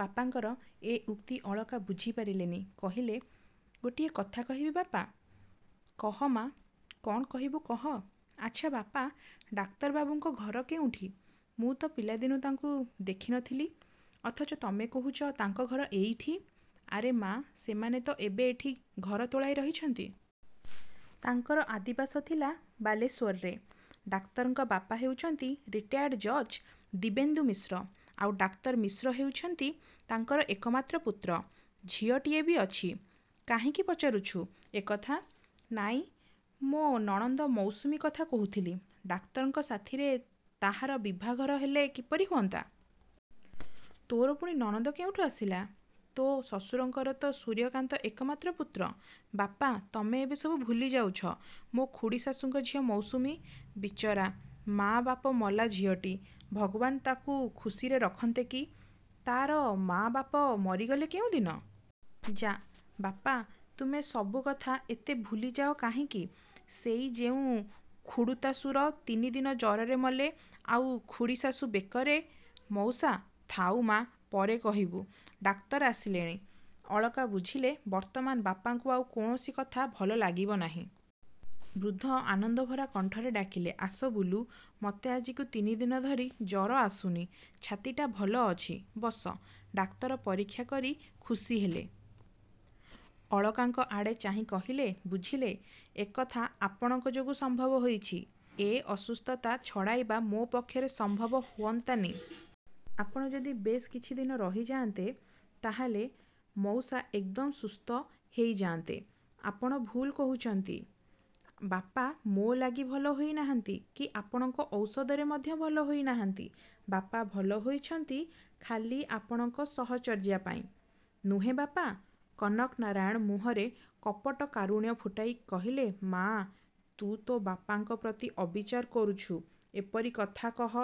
ବାପାଙ୍କର ଏ ଉକ୍ତି ଅଳକା ବୁଝିପାରିଲେନି। କହିଲେ ଗୋଟିଏ କଥା କହିବି ବାପା? -କହ ମା', କ'ଣ କହିବୁ କହ। -ଆଚ୍ଛା ବାପା, ଡାକ୍ତର ବାବୁଙ୍କ ଘର କେଉଁଠି? ମୁଁ ତ ପିଲାଦିନୁ ତାଙ୍କୁ ଦେଖିନଥିଲି, ଅଥଚ ତୁମେ କହୁଛ ତାଙ୍କ ଘର ଏଇଠି। ଆରେ ମା', ସେମାନେ ତ ଏବେ ଏଠି ଘର ତୋଳାଇ ରହିଛନ୍ତି। ତାଙ୍କର ଆଦିବାସ ଥିଲା ବାଲେଶ୍ୱରରେ। ଡାକ୍ତରଙ୍କ ବାପା ହେଉଛନ୍ତି ରିଟାୟାଡ଼୍ ଜଜ୍ ଦିବ୍ୟେନ୍ଦୁ ମିଶ୍ର, ଆଉ ଡାକ୍ତର ମିଶ୍ର ହେଉଛନ୍ତି ତାଙ୍କର ଏକମାତ୍ର ପୁତ୍ର। ଝିଅଟିଏ ବି ଅଛି। କାହିଁକି ପଚାରୁଛୁ ଏ କଥା। ନାଇଁ, ମୋ ନଣନ୍ଦ ମୌସୁମୀ କଥା କହୁଥିଲି। ଡାକ୍ତରଙ୍କ ସାଥିରେ ତାହାର ବିଭାଘର ହେଲେ କିପରି ହୁଅନ୍ତା? ତୋର ପୁଣି ନଣନ୍ଦ କେଉଁଠୁ ଆସିଲା? ତୋ ଶ୍ୱଶୁରଙ୍କର ତ ସୂର୍ଯ୍ୟକାନ୍ତ ଏକମାତ୍ର ପୁତ୍ର-। ବାପା, ତୁମେ ଏବେ ସବୁ ଭୁଲିଯାଉଛ! ମୋ ଖୁଡ଼ୀ ଶାଶୂଙ୍କ ଝିଅ ମୌସୁମୀ। ବିଚରା ମା' ବାପ ମଲା ଝିଅଟି, ଭଗବାନ ତାକୁ ସୁଖରେ ରଖନ୍ତେକି! ତା'ର ମା' ବାପ ମରିଗଲେ କେଉଁଦିନ? -ଯା, ବାପା ତୁମେ ସବୁକଥା ଏତେ ଭୁଲିଯାଅ କାହିଁକି? ସେଇ ଯେଉଁ ଖୁଡ଼ୁତାଶୁର ତିନିଦିନ ଜ୍ୱରରେ ମଲେ, ଆଉ ଖୁଡ଼ୀ ଶାଶୂ ବେକରେ -ମଉସା -ଥାଉ ମା', ପରେ କହିବୁ। ଡାକ୍ତର ଆସିଲେଣି। ଅଳକା ବୁଝିଲେ, ବର୍ତ୍ତମାନ ବାପାଙ୍କୁ ଆଉ କୌଣସି କଥା ଭଲଲାଗିବ ନାହିଁ। ବୃଦ୍ଧ ଆନନ୍ଦ ଭରା କଣ୍ଠରେ ଡାକିଲେ-ଆସ ବୁଲୁ, ମୋତେ ଆଜିକୁ ତିନିଦିନ ଧରି ଜ୍ୱର ଆସୁନି। ଛାତିଟା ଭଲ ଅଛି, ବସ। ଡାକ୍ତର ପରୀକ୍ଷା କରି ଖୁସିହେଲେ। ଅଳକାଙ୍କ ଆଡ଼େ ଚାହିଁ କହିଲେ-ବୁଝିଲେ, ଏକଥା ଆପଣଙ୍କ ଯୋଗୁ ସମ୍ଭବ ହୋଇଛି। ଏ ଅସୁସ୍ଥତା ଛଡ଼ାଇବା ମୋ ପକ୍ଷରେ ସମ୍ଭବ ହୁଅନ୍ତାନି। ଆପଣ ଯଦି ବେଶ୍ କିଛିଦିନ ରହିଯାଆନ୍ତେ, ତାହେଲେ ମଉସା ଏକଦମ୍ ସୁସ୍ଥ ହେଇଯା'ନ୍ତେ। ଆପଣ ଭୁଲ୍ କହୁଛନ୍ତି। ବାପା ମୋ ଲାଗି ଭଲ ହୋଇନାହାନ୍ତି, କି ଆପଣଙ୍କ ଔଷଧରେ ମଧ୍ୟ ଭଲ ହୋଇନାହାନ୍ତି, ବାପା ଭଲ ହୋଇଛନ୍ତି-ଖାଲି ଆପଣଙ୍କ ସହଚର୍ଯ୍ୟା ପାଇଁ। ନୁହେଁ ବାପା? କନକନାରାୟଣ ମୁହଁରେ କପଟ କାରୁଣ୍ୟ ଫୁଟାଇ କହିଲେ ମା' ତୁ ତୋ ବାପାଙ୍କ ପ୍ରତି ଅବିଚାର କରୁଛୁ ଏପରି କଥା କହ।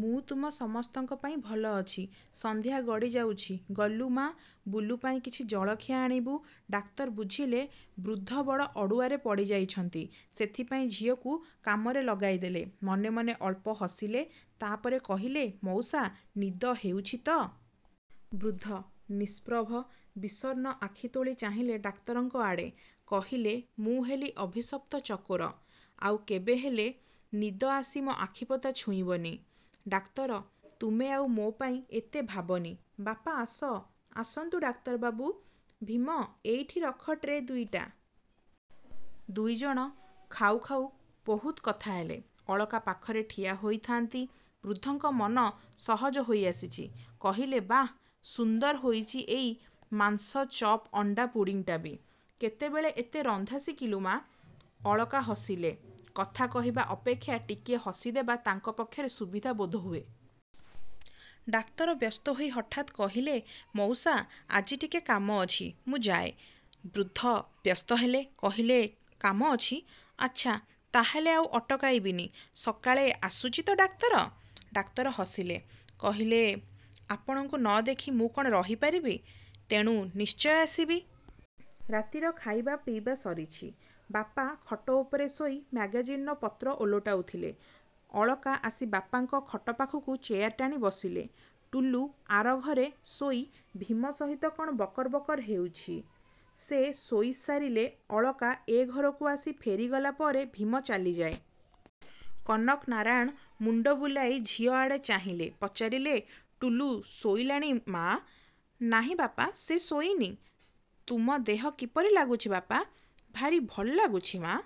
ମୁଁ ତୁମ ସମସ୍ତଙ୍କ ପାଇଁ ଭଲ ଅଛି। ସନ୍ଧ୍ୟା ଗଡ଼ିଯାଉଛି, ଗଲୁ ମା' ବୁଲୁ ପାଇଁ କିଛି ଜଳଖିଆ ଆଣିବୁ। ଡାକ୍ତର ବୁଝିଲେ ବୃଦ୍ଧ ବଡ଼ ଅଡ଼ୁଆରେ ପଡ଼ିଯାଇଛନ୍ତି। ସେଥିପାଇଁ ଝିଅକୁ କାମରେ ଲଗାଇଦେଲେ। ମନେ ମନେ ଅଳ୍ପ ହସିଲେ, ତାପରେ କହିଲେ-ମଉସା, ନିଦ ହେଉଛି ତ? ବୃଦ୍ଧ ନିଷ୍ପ୍ରଭ ବିଷନ୍ନ ଆଖି ତୋଳି ଚାହିଁଲେ ଡାକ୍ତରଙ୍କ ଆଡ଼େ। କହିଲେ,-ମୁଁ ହେଲି ଅଭିଶପ୍ତ ଚକୋର। ଆଉ କେବେହେଲେ ନିଦ ଆସି ମୋ ଆଖିପତା ଛୁଇଁବନି। ଡାକ୍ତର, ତୁମେ ଆଉ ମୋ ପାଇଁ ଏତେ ଭାବନି। -ବାପା ଆସ। ଆସନ୍ତୁ ଡାକ୍ତର ବାବୁ। ଭୀମ, ଏଇଠି ରଖ ଟ୍ରେ ଦୁଇଟା। ଦୁଇଜଣ ଖାଉ ଖାଉ ବହୁତ କଥା ହେଲେ। ଅଳକା ପାଖରେ ଠିଆ ହୋଇଥାନ୍ତି। ବୃଦ୍ଧଙ୍କ ମନ ସହଜ ହୋଇଆସିଛି। କହିଲେ-ବାଃ, ସୁନ୍ଦର ହୋଇଛି ଏଇ ମାଂସ ଚପ୍ଟା ଅଣ୍ଡା ପୁଡ଼ିଙ୍ଗଟା ବି। କେତେବେଳେ ଏତେ ରନ୍ଧା ଶିଖିଲୁ ମା'? ଅଳକା ହସିଲେ। କଥା କହିବା ଅପେକ୍ଷା ଟିକିଏ ହସିଦେବା ତାଙ୍କ ପକ୍ଷରେ ସୁବିଧା ବୋଧହୁଏ। ଡାକ୍ତର ବ୍ୟସ୍ତହୋଇ ହଠାତ୍ କହିଲେ-ମଉସା, ଆଜି ଟିକେ କାମ ଅଛି, ମୁଁ ଯାଏ। ବୃଦ୍ଧ ବ୍ୟସ୍ତ ହେଲେ। କହିଲେ-କାମ ଅଛି? ଆଚ୍ଛା, ତା'ହେଲେ ଆଉ ଅଟକାଇବିନି। ସକାଳେ ଆସୁଛି ତ ଡାକ୍ତର? ଡାକ୍ତର ହସିଲେ।। କହିଲେ-ଆପଣଙ୍କୁ ନ ଦେଖି ମୁଁ କ'ଣ ରହିପାରିବି? ତେଣୁ ନିଶ୍ଚୟ ଆସିବି। ରାତିର ଖାଇବା ପିଇବା ସରିଛି। ବାପା ଖଟଉପରେ ଶୋଇ ମ୍ୟାଗାଜିନର ପତ୍ର ଓଲଟାଉଥିଲେ। ଅଳକା ଆସି ବାପାଙ୍କ ଖଟ ପାଖକୁ ଚେୟାର ଟାଣି ବସିଲେ। ଟୁଲୁ ଆର ଘରେ ଶୋଇ ଭୀମ ସହିତ କ'ଣ ବକର ବକର ହେଉଛି। ସେ ଶୋଇ ସାରିଲେ ଅଳକା ଏ ଘରକୁ ଆସି ଫେରିଗଲା ପରେ ଭୀମ ଚାଲିଯାଏ। କନକ ନାରାୟଣ ମୁଣ୍ଡବୁଲାଇ ଝିଅଆଡ଼େ ଚାହିଁଲେ। ପଚାରିଲେ-ଟୁଲୁ ଶୋଇଲାଣି ମା'। ନାହିଁ ବାପା ସେ ଶୋଇନି। ତୁମ ଦେହ କିପରି ଲାଗୁଛି ବାପା? -ଭାରି ଭଲ ଲାଗୁଛି ମା'।